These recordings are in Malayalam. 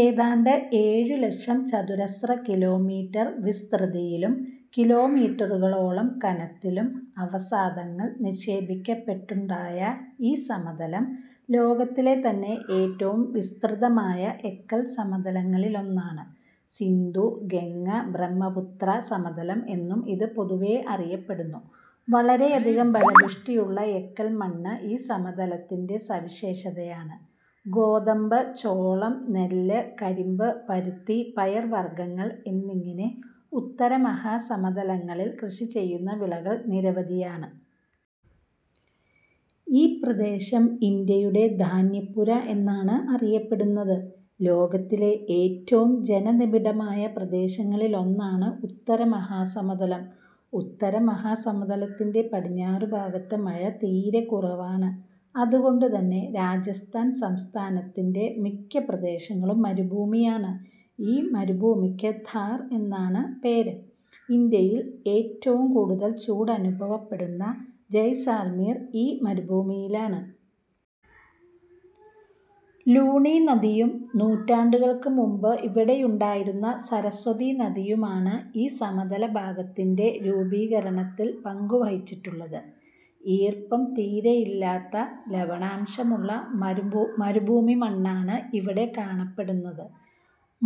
ഏതാണ്ട് ഏഴു ലക്ഷം ചതുരശ്ര കിലോ മീറ്റർ വിസ്തൃതിയിലും കിലോമീറ്ററുകളോളം കനത്തിലും അവസാദങ്ങൾ നിക്ഷേപിക്കപ്പെട്ടുണ്ടായ ഈ സമതലം ലോകത്തിലെതന്നെ ഏറ്റവും വിസ്തൃതമായ എക്കൽ സമതലങ്ങളിലൊന്നാണ്. സിന്ധു-ഗംഗ-ബ്രഹ്മ പുത്രാ സമതലം എന്നും ഇത് പൊതുവെ അറിയപ്പെടുന്നു. വളരെയധികം ഫലപുഷ്ടിയുള്ള എക്കൽമണ്ണ് ഈ സമതലത്തിന്റെ സവിശേഷതയാണ്. ഗോതമ്പ്, ചോളം, നെല്ല്, കരിമ്പ്, പരുത്തി, പയർവർഗങ്ങൾ എന്നിങ്ങനെ ഉത്തര മഹാസമതലങ്ങളിൽ കൃഷിചെയ്യുന്ന വിളകൾ നിരവധിയാണ്. ഈ പ്രദേശം ഇന്ത്യയുടെ ധാന്യപ്പുര എന്നാണ് അറിയപ്പെടുന്നത്. ലോകത്തിലെ ഏറ്റവും ജനനിബിഡമായ പ്രദേശങ്ങളിലൊന്നാണ് ഉത്തരമഹാസമതലം. ഉത്തരമഹാസമതലത്തിന്റെ പടിഞ്ഞാറു ഭാഗത്ത് മഴ തീരെ കുറവാണ്. അതു കൊണ്ടുതന്നെ രാജസ്ഥാൻ സംസ്ഥാനത്തിന്റെ മിക്ക പ്രദേശങ്ങളും മരു ഭൂമിയാണ്. ഈ മരുഭൂമിക്ക് ഥാർ എന്നാണ് പേര്. ഇന്ത്യയിൽ ഏറ്റവും കൂടുതൽ ചൂട് അനുഭവപ്പെടുന്ന ജയ്സാൽമിർ ഈ മരുഭൂമിയിലാണ്. ലൂണി നദിയും നൂറ്റാണ്ടുകൾക്കു മുമ്പ് ഇവിടെയുണ്ടായിരുന്ന സരസ്വതി നദിയുമാണ് ഈ സമതലഭാഗത്തിന്റെ രൂപീകരണത്തിൽ പങ്കു വഹിച്ചിട്ടു ള്ളത്. ഈർപ്പം തീരെയില്ലാത്ത ലവണാംശമുള്ള മരു ഭൂമിമണ്ണാണ് ഇവിടെ കാണപ്പെടുന്നത്.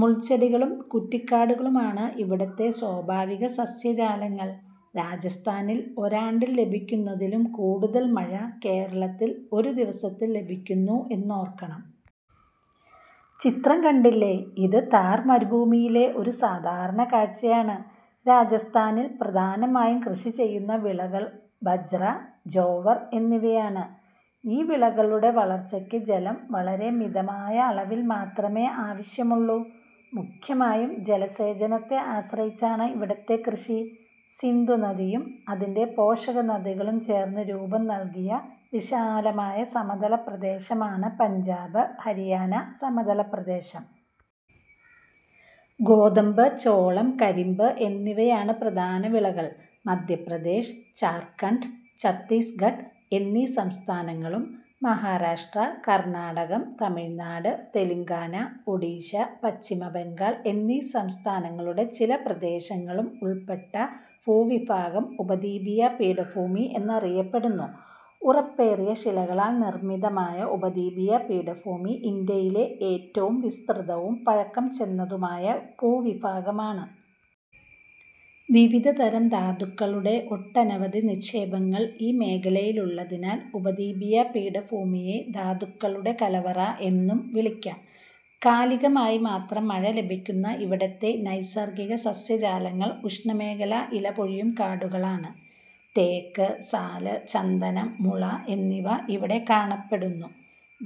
മുൾച്ചെടികളും കുറ്റിക്കാടുകളുമാണ് ഇവിടത്തെ സ്വാഭാവിക സസ്യജാലങ്ങൾ. രാജസ്ഥാനിൽ ഒരാണ്ടിൽ ലഭിക്കുന്നതിലും കൂടുതൽ മഴ കേരളത്തിൽ ഒരു ദിവസത്തിൽ ലഭിക്കുന്നു എന്നോർക്കണം. ചിത്രം കണ്ടില്ലേ. ഇത് ഥാർ മരുഭൂമിയിലെ ഒരു സാധാരണ കാഴ്ചയാണ്. രാജസ്ഥാനിൽ പ്രധാനമായും കൃഷിചെയ്യുന്ന വിളകൾ ബജ്റ, ജോവർ എന്നിവയാണ്. ഈ വിളകളുടെ വളർച്ചയ്ക്ക് ജലം വളരെ മിതമായ അളവിൽ മാത്രമേ ആവശ്യമുള്ളൂ. മുഖ്യമായും ജലസേചനത്തെ ആശ്രയിച്ചാണ് ഇവിടത്തെ കൃഷി. സിന്ധുനദിയും അതിന്റെ പോഷകനദികളും ചേർന്നു രൂപം നൽകിയ വിശാലമായ സമതലപ്രദേശമാണ് പഞ്ചാബ്, ഹരിയാന സമതല പ്രദേശം. ഗോതമ്പ്, ചോളം, കരിമ്പ് എന്നിവയാണ് പ്രധാന വിളകൾ. മധ്യപ്രദേശ്, ഝാർഖണ്ഡ്, ഛത്തീസ്ഗഡ് എന്നീ സംസ്ഥാനങ്ങളും മഹാരാഷ്ട്ര, കർണാടകം, തമിഴ്നാട്, തെലങ്കാന, ഒഡിഷ, പശ്ചിമബംഗാൾ എന്നീ സംസ്ഥാനങ്ങളുടെ ചില പ്രദേശങ്ങളും ഉൾപ്പെട്ട ഭൂവിഭാഗം ഉപദ്വീപീയ പീഠഭൂമി എന്നറിയപ്പെടുന്നു. ഉറപ്പേറിയ ശിലകളാൽ നിർമിതമായ ഉപദ്വീപീയ പീഠഭൂമി ഇന്ത്യയിലെ ഏറ്റവും വിസ്തൃതവും പഴക്കം ചെന്നതുമായ ഭൂവിഭാഗമാണ്. വിവിധതരം ധാതു ക്കളുടെ ഒട്ടനവധി നിക്ഷേപങ്ങൾ ഈ മേഖലയിലുള്ളതിനാൽ ഉപദ്വീപീയ പീഠഭൂമിയെ ""ധാതുക്കളുടെ കലവറ' എന്നും വിളിക്കാം. കാലികമായി മാത്രം മഴ ലഭിക്കുന്ന ഇവിടത്തെ നൈസർഗിക സസ്യജാലങ്ങൾ ഉഷ്ണമേഖലാ ഇലപൊഴിയും കാടുകളാണ്. തേക്ക്, സാൽ, ചന്ദനം, മുള എന്നിവ ഇവിടെ കാണപ്പെടുന്നു.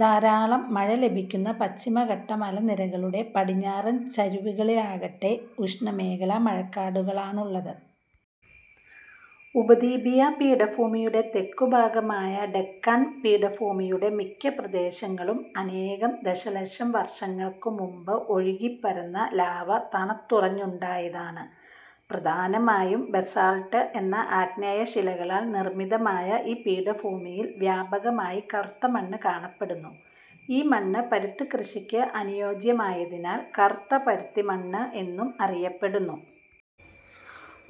ധാരാളം മഴ ലഭിക്കുന്ന പശ്ചിമഘട്ട മലനിരകളുടെ പടിഞ്ഞാറൻ ചരിവുകളിലാകട്ടെ, ഉഷ്ണമേഖലാ മഴക്കാടുകളാണുള്ളത്. ഉപദ്വീപീയ പീഠഭൂമിയുടെ തെക്കുഭാഗമായ ഡക്കാൺ പീഠഭൂമിയുടെ മിക്ക പ്രദേശങ്ങളും അനേകം ദശലക്ഷം വർഷങ്ങൾക്കു മുമ്പ് ഒഴുകിപ്പരന്ന ലാവ തണുത്തുറഞ്ഞുണ്ടായതാണ്. പ്രധാനമായും ബസാൾട്ട് എന്ന ആഗ്നേയശിലകളാൽ നിർമിതമായ ഈ പീഠഭൂമിയിൽ വ്യാപകമായി കറുത്ത മണ്ണ് കാണപ്പെടുന്നു. ഈ മണ്ണ് പരുത്തിക്കൃഷിക്ക് അനുയോജ്യമായതിനാൽ "കറുത്ത പരുത്തിമണ്ണ്' എന്നും അറിയപ്പെടുന്നു.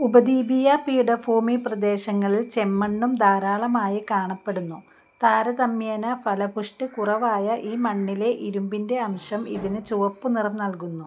ഉപദ്വീപീയ പീഠഭൂമിപ്രദേശങ്ങളിൽ ചെമ്മണ്ണും ധാരാളമായി കാണപ്പെടുന്നു. താരതമ്യേന ഫലപുഷ്ടി കുറവായ ഈ മണ്ണിലെ ഇരുമ്പിന്റെ അംശം ഇതിന് ചുവപ്പുനിറം നൽകുന്നു.